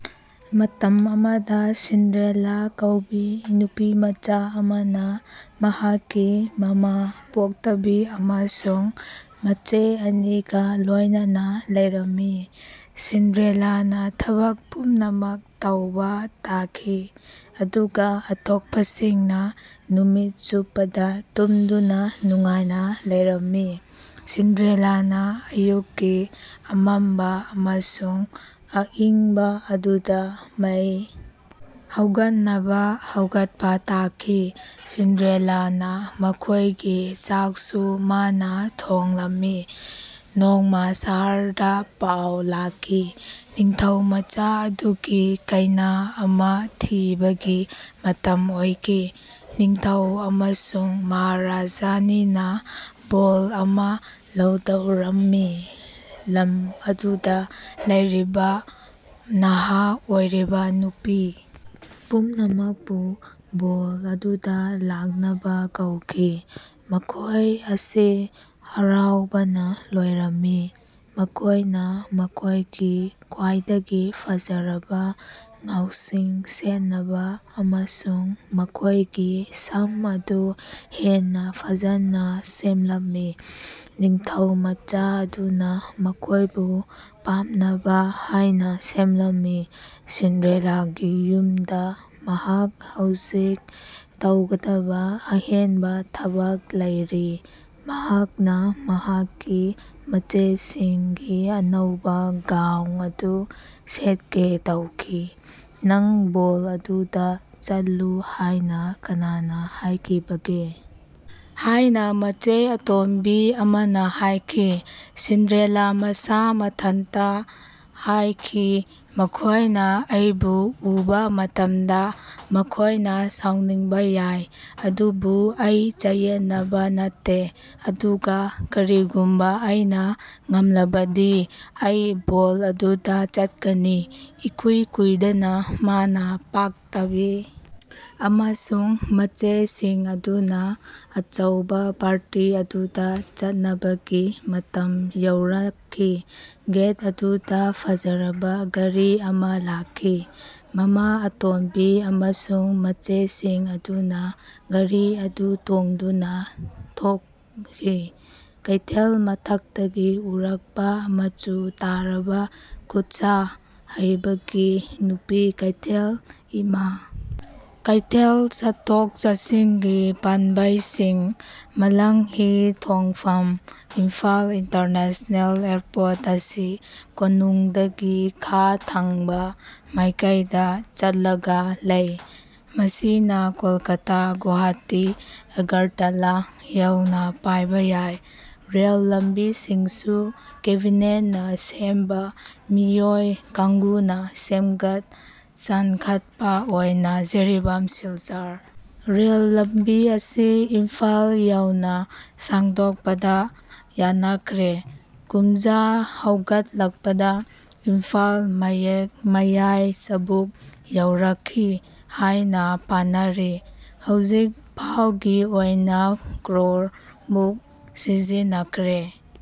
ꯃꯇꯝ ꯑꯃꯗ ꯁꯤꯟꯗ꯭ꯔꯦꯂꯥ ꯀꯧꯕꯤ ꯅꯨꯄꯤꯃꯆꯥ ꯑꯃꯅ ꯃꯍꯥꯛꯀꯤ ꯃꯃꯥ ꯄꯣꯛꯇꯕꯤ ꯑꯃꯁꯨꯡ ꯃꯆꯦ ꯑꯅꯤꯒ ꯂꯣꯏꯅꯅ ꯂꯩꯔꯝꯃꯤ꯫ ꯁꯤꯟꯗ꯭ꯔꯦꯂꯥꯅ ꯊꯕꯛ ꯄꯨꯝꯅꯃꯛ ꯇꯧꯕ ꯇꯥꯈꯤ ꯑꯗꯨꯒ ꯑꯇꯣꯞꯄꯁꯤꯡꯅ ꯅꯨꯃꯤꯠ ꯆꯨꯞꯄꯗ ꯇꯨꯝꯗꯨꯅ ꯅꯨꯡꯉꯥꯏꯅ ꯂꯩꯔꯝꯃꯤ꯫ ꯁꯤꯟꯗ꯭ꯔꯦꯂꯥꯅ ꯑꯌꯨꯛꯀꯤ ꯑꯃꯝꯕ ꯑꯃꯁꯨꯡ ꯑꯏꯪꯕ ꯑꯗꯨꯗ ꯃꯩ ꯍꯧꯒꯠꯅꯕ ꯍꯧꯒꯠꯄ ꯇꯥꯈꯤ꯫ ꯁꯤꯟꯗ꯭ꯔꯦꯂꯥꯅ ꯃꯈꯣꯏꯒꯤ ꯆꯥꯛꯁꯨ ꯃꯥꯅ ꯊꯣꯉꯝꯃꯤ꯫ ꯅꯣꯡꯃ ꯁꯍꯔꯗ ꯑꯆꯧꯕ ꯄꯥꯎ ꯑꯃ ꯂꯥꯛꯈꯤ꯫ ꯅꯤꯡꯊꯧꯃꯆꯥ ꯑꯗꯨꯒꯤ ꯀꯩꯅꯥ ꯑꯃ ꯊꯤꯕꯒꯤ ꯃꯇꯝ ꯑꯣꯏꯈꯤ꯫ ꯅꯤꯡꯊꯧ ꯑꯃꯁꯨꯡ ꯃꯍꯥꯔꯥꯅꯤꯅ ꯕꯣꯜ ꯑꯃ ꯂꯧꯒꯗꯧꯔꯝꯃꯤ꯫ ꯂꯝ ꯑꯗꯨꯗ ꯂꯩꯔꯤꯕ ꯅꯍꯥ ꯑꯣꯏꯔꯤꯕ ꯅꯨꯄꯤ ꯄꯨꯝꯅꯃꯛꯄꯨ ꯕꯣꯜ ꯑꯗꯨꯗ ꯂꯥꯛꯅꯕ ꯀꯧꯈꯤ꯫ ꯃꯈꯣꯏ ꯑꯁꯤ ꯍꯔꯥꯎꯕꯅ ꯂꯣꯏꯔꯝꯃꯤ꯫ ꯃꯈꯣꯏꯅ ꯃꯈꯣꯏꯒꯤ ꯈ꯭ꯋꯥꯏꯗꯒꯤ ꯐꯖꯔꯕ ꯒꯥꯎꯟꯁꯤꯡ ꯁꯦꯠꯅꯕ ꯑꯃꯁꯨꯡ ꯃꯈꯣꯏꯒꯤ ꯁꯝ ꯑꯗꯨ ꯍꯦꯟꯅ ꯐꯖꯅ ꯁꯦꯝꯂꯝꯃꯤ꯫ ꯅꯤꯡꯊꯧꯃꯆꯥ ꯑꯗꯨꯅ ꯃꯈꯣꯏꯕꯨ ꯄꯥꯝꯅꯕ ꯍꯥꯏꯅ ꯁꯦꯝꯂꯝꯃꯤ꯫ ꯁꯤꯟꯗ꯭ꯔꯦꯂꯥꯗꯤ ꯌꯨꯝꯗ ꯃꯍꯥꯛ ꯍꯧꯖꯤꯛ ꯇꯧꯒꯗꯕ ꯑꯍꯦꯟꯕ ꯊꯕꯛ ꯂꯩꯔꯤ꯫ ꯃꯍꯥꯛꯅ ꯃꯍꯥꯛꯀꯤ ꯃꯆꯦꯁꯤꯡꯒꯤ ꯑꯅꯧꯕ ꯒꯥꯎꯟ ꯑꯗꯨ ꯁꯦꯠꯀꯦ ꯇꯧꯈꯤ꯫ "ꯅꯪ ꯕꯣꯜ ꯑꯗꯨꯗ ꯆꯠꯂꯨ ꯍꯥꯏꯅ ꯀꯅꯥꯅ ꯍꯥꯏꯈꯤꯕꯒꯦ? " ꯍꯥꯏꯅ ꯃꯆꯦ ꯑꯇꯣꯝꯕꯤ ꯑꯃꯅ ꯍꯥꯏꯈꯤ꯫ ꯁꯤꯟꯗ꯭ꯔꯦꯂꯥꯅ ꯃꯁꯥ ꯃꯊꯟꯇ ꯍꯥꯏꯈꯤ, "ꯃꯈꯣꯏꯅ ꯑꯩꯕꯨ ꯎꯕ ꯃꯇꯝꯗ ꯃꯈꯣꯏꯅ ꯁꯥꯎꯅꯤꯡꯕ ꯌꯥꯏ, ꯑꯗꯨꯕꯨ ꯑꯩ ꯆꯌꯦꯠꯅꯕ ꯅꯠꯇꯦ꯫ ꯑꯗꯨꯒ ꯀꯔꯤꯒꯨꯝꯕ ꯑꯩꯅ ꯉꯝꯂꯕꯗꯤ ꯑꯩ ꯕꯣꯜ ꯑꯗꯨꯗ ꯆꯠꯀꯅꯤ꯫" ꯏꯀꯨꯏ ꯀꯨꯏꯗꯅ ꯃꯃꯥ ꯄꯣꯛꯇꯕꯤ ꯑꯃꯁꯨꯡ ꯃꯆꯦꯁꯤꯡ ꯑꯗꯨꯅ ꯑꯆꯧꯕ ꯄꯥꯔꯇꯤ ꯑꯗꯨꯗ ꯆꯠꯅꯕꯒꯤ ꯃꯇꯝ ꯌꯧꯔꯛꯈꯤ꯫ ꯒꯦꯠ ꯑꯗꯨꯗ ꯐꯖꯔꯕ ꯒꯥꯔꯤ ꯑꯃ ꯂꯥꯛꯈꯤ꯫ ꯃꯃꯥ ꯑꯇꯣꯝꯕꯤ ꯑꯃꯁꯨꯡ ꯃꯆꯦꯁꯤꯡ ꯑꯗꯨꯅ ꯒꯥꯔꯤ ꯑꯗꯨ ꯇꯣꯡꯗꯨꯅ ꯊꯣꯛꯈ꯭ꯔꯦ꯫ ꯀꯩꯊꯦꯜ ꯃꯊꯛꯇꯒꯤ ꯎꯔꯛꯄ ꯃꯆꯨ ꯇꯥꯔꯕ ꯈꯨꯠꯁꯥꯍꯩꯕꯒꯤ ꯅꯨꯄꯤ ꯀꯩꯊꯦꯜ (ꯏꯃꯥ ꯀꯩꯊꯦꯜ), ꯆꯠꯊꯣꯛ ꯆꯠꯁꯤꯟꯒꯤ ꯄꯥꯝꯕꯩꯁꯤꯡ ꯃꯥꯂꯪꯍꯤꯊꯥꯡꯐꯝ ꯏꯝꯐꯥꯜ ꯏꯟꯇꯔꯅꯦꯁꯅꯦꯜ ꯏꯌꯥꯔꯄꯣꯔꯠ ꯑꯁꯤ ꯀꯣꯅꯨꯡꯗꯒꯤ ꯈꯥ ꯊꯪꯕ ꯃꯥꯏꯀꯩꯗ ꯆꯠꯂꯒ ꯂꯩ꯫ ꯃꯁꯤꯅ ꯀꯣꯜꯀꯇꯥ, ꯒꯨꯋꯥꯍꯥꯇꯤ, ꯑꯒꯔꯇꯥꯂꯥ ꯌꯧꯅ ꯄꯥꯏꯕ ꯌꯥꯏ꯫ ꯔꯦꯜ ꯂꯝꯕꯤꯁꯤꯡꯁꯨ ꯀꯦꯕꯤꯅꯦꯠꯅ ꯁꯥꯕ ꯃꯤꯑꯣꯏ ꯀꯥꯡꯕꯨꯅ ꯁꯦꯝꯒꯠ ꯆꯟꯈꯠꯄ ꯑꯣꯏꯅ ꯖꯤꯔꯤꯕꯥꯝ ꯁꯤꯜꯆꯔ ꯔꯦꯜ ꯂꯝꯕꯤ ꯑꯁꯤ ꯏꯝꯐꯥꯜ ꯌꯧꯅ ꯁꯥꯡꯗꯣꯛꯄꯗ ꯌꯥꯅꯈ꯭ꯔꯦ꯫ ꯀꯨꯝꯖ ꯍꯧꯒꯠꯂꯛꯄꯗ ꯏꯝꯐꯥꯜ ꯃꯌꯥꯏꯆꯕꯨꯛ ꯌꯧꯔꯛꯅꯤ ꯍꯥꯏꯅ ꯄꯥꯅꯔꯤ꯫ ꯍꯧꯖꯤꯛꯐꯥꯎꯒꯤ ꯑꯣꯏꯅ ꯀꯔꯣꯔ ꯃꯨꯛ ꯁꯤꯖꯤꯟꯅꯈ꯭ꯔꯦ꯫